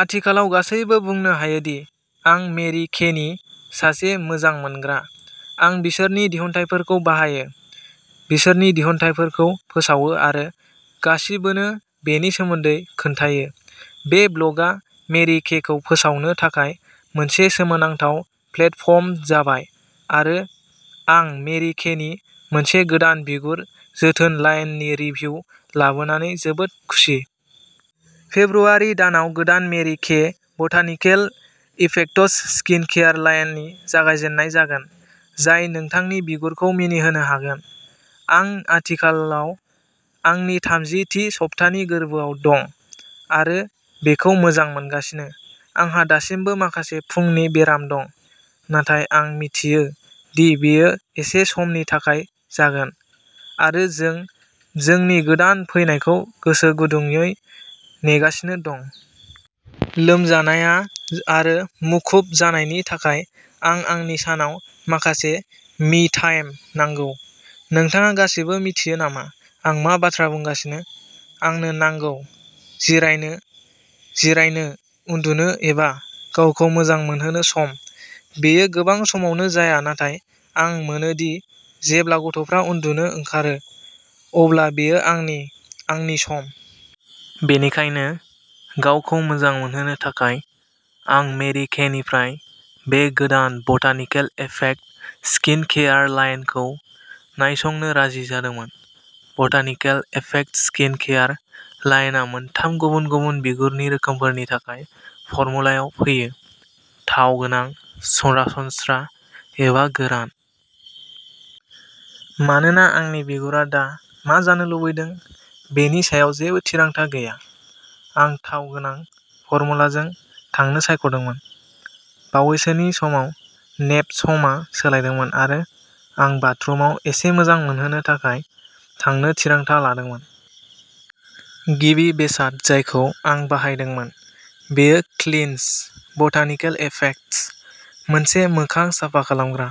आथिखालाव गासैबो बुंनो हायोदि, आं मेरि केनि सासे मोजां मोनग्रा। आं बिसोरनि दिहुनथायफोरखौ बाहायो, बिसोरनि दिहुनथायफोरखौ फोसावो आरो गासिबोनो बेनि सोमोन्दै खोन्थायो बे ब्ल'गआ मेरि केखौ फोसावनो थाखाय मोनसे सोमोनांथाव प्लेटफर्म जाबाय आरो आं मेरि केनि मोनसे गोदान बिगुर जोथोन लाइननि रिभिउ लाबोना जोबोद खुसि। फेब्रुआरि दानाव गोदान Mary Kay botanical effects skin care लाइननि जागायजेननाय जागोन, जाय नोंथांनि बिगुरखौ मिनिहोनो हागोन आं आथिखालाव आंनि थामजि थि सब्थानि गोर्बोआव दं आरो बेखौ मोजां मोनगासिनो आंहा दासिमबो माखासे फुंनि बेराम दं, नाथाय आं मिथियो दि बेयो एसे समनि थाखाय जागोन आरो जों जोंनि गोदान फैनायखौ गोसो गुदुंयै नेगासिनो दं। लोमजानाया आरो मुखुब जानायनि थाखाय आं आंनि सानाव माखासे मि टाइम नांगौ। नोंथाङा गासिबो मिथियो नामा आं मा बाथ्रा बुंगासिनो? आंनो नांगौ। जिरायनो, जिरायनो, उन्दुनो एबा गावखौ मोजां मोनहोनो सम। बेयो गोबां समावनो जाया नाथाय आं मोनो दि जेब्ला गथ'फोरा उन्दुनो ओंखारो, अब्ला बेयो आंनि आंनि सम। बेनिखायनो, गावखौ मोजां मोनहोनो थाखाय आं मेरि केनिफ्राय बे गोदान बटानिकेल इफेक्ट स्किन केयार लाइनखौ नायसंनो राजि जादोंमोन। बटानिकेल इफेक्ट स्किन केयार लाइनआ मोनथाम गुबुन-गुबुन बिगुरनि रोखोमफोरनि थाखाय फर्मुलायाव फैयो थाव गोनां, सरासनस्रा एबा गोरान। मानोना आंनि बिगुरा दा मा जानो लुबैदों बेनि सायाव जेबो थिरांथा गैया, आं थाव गोनां फर्मुलाजों थांनो सायख'दोंमोन। बावैसोनि समाव नेप समआ सोलायदोंमोन आरो आं बाथरुमाव एसे मोजां मोनहोनो थाखाय थांनो थिरांथा लादोंमोन। गिबि बेसाद जायखौ आं बाहायदोंमोन बेयो क्लिनस बटानिकेल इफेक्टस, मोनसे मोखां साफा खालामग्रा।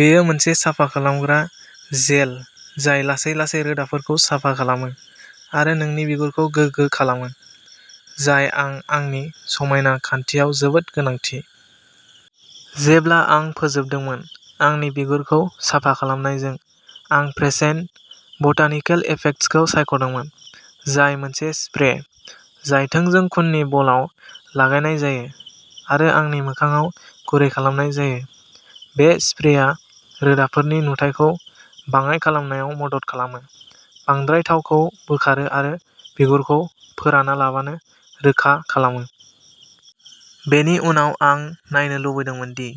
बेयो मोनसे साफा खालामग्रा जेल जाय लासै-लासै रोदाफोरखौ साफा खालामो आरो नोंनि बिगुरखौ गोगो खालामो जाय आं आंनि समायना खान्थियाव जोबोद गोनांथि। जेब्ला आं फोजोबदोंमोन। आंनि बिगुरखौ साफा खालामनायजों, आं फ्रेशेन बटानिकेल इफेक्ट्सखौ सायख'दोंमोन, जाय मोनसे स्प्रे जाय थोंजों खुननि बलआव लागायनाय जायो आरो आंनि मोखांआव गुरै खालामनाय जायो। बे स्प्रेया रोदाफोरनि नुथायखौ बाङाइ खालामनायाव मदद खालामो, बांद्राय थावखौ बोखारो आरो बिगुरखौ फोरानालाबानो रोखा खालामो। बेनि उनाव, आं नायनो लुबैदोंमोन दि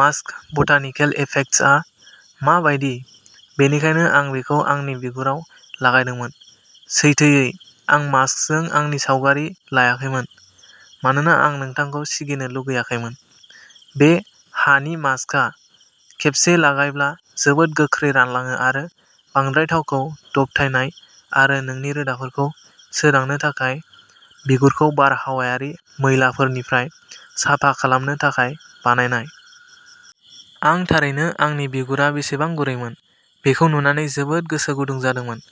मास्क बटानिकेल इफेक्ट्सआ मा बायदि, बेनिखायनो आं बेखौ आंनि बिगुराव लागायदोंमोन। सैथोयै, आं मास्कजों आंनि सावगारि लायाखैमोन, मानोना आं नोंथांखौ सिगिनो लुगैयाखैमोन बे हानि मास्कआ खेबसे लागायब्ला जोबोद गोख्रै रानलाङो आरो बांद्राय थावखौ दबथायनाय आरो नोंनि रोदाफोरखौ सोदांनो थाखाय बिगुरखौ बारहावायारि मैलाफोरनिफ्राय साफा खालामनो थाखाय बानायनाय। आं थारैनो आंनि बिगुरा बेसेबां गुरैमोन बेखौ नुनानै जोबोद गोसो गुदुं जादोंमोन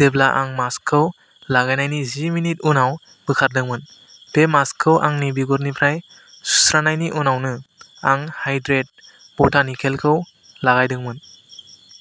जेब्ला आं मास्कखौ लागायनायनि जि मिनिट उनाव बोखारदोंमोन बे मास्कखौ आंनि बिगुरनिफ्राय सुस्रानायनि उनावनो, आं हाइड्रेट बटानिकेलखौ लागायदोंमोन।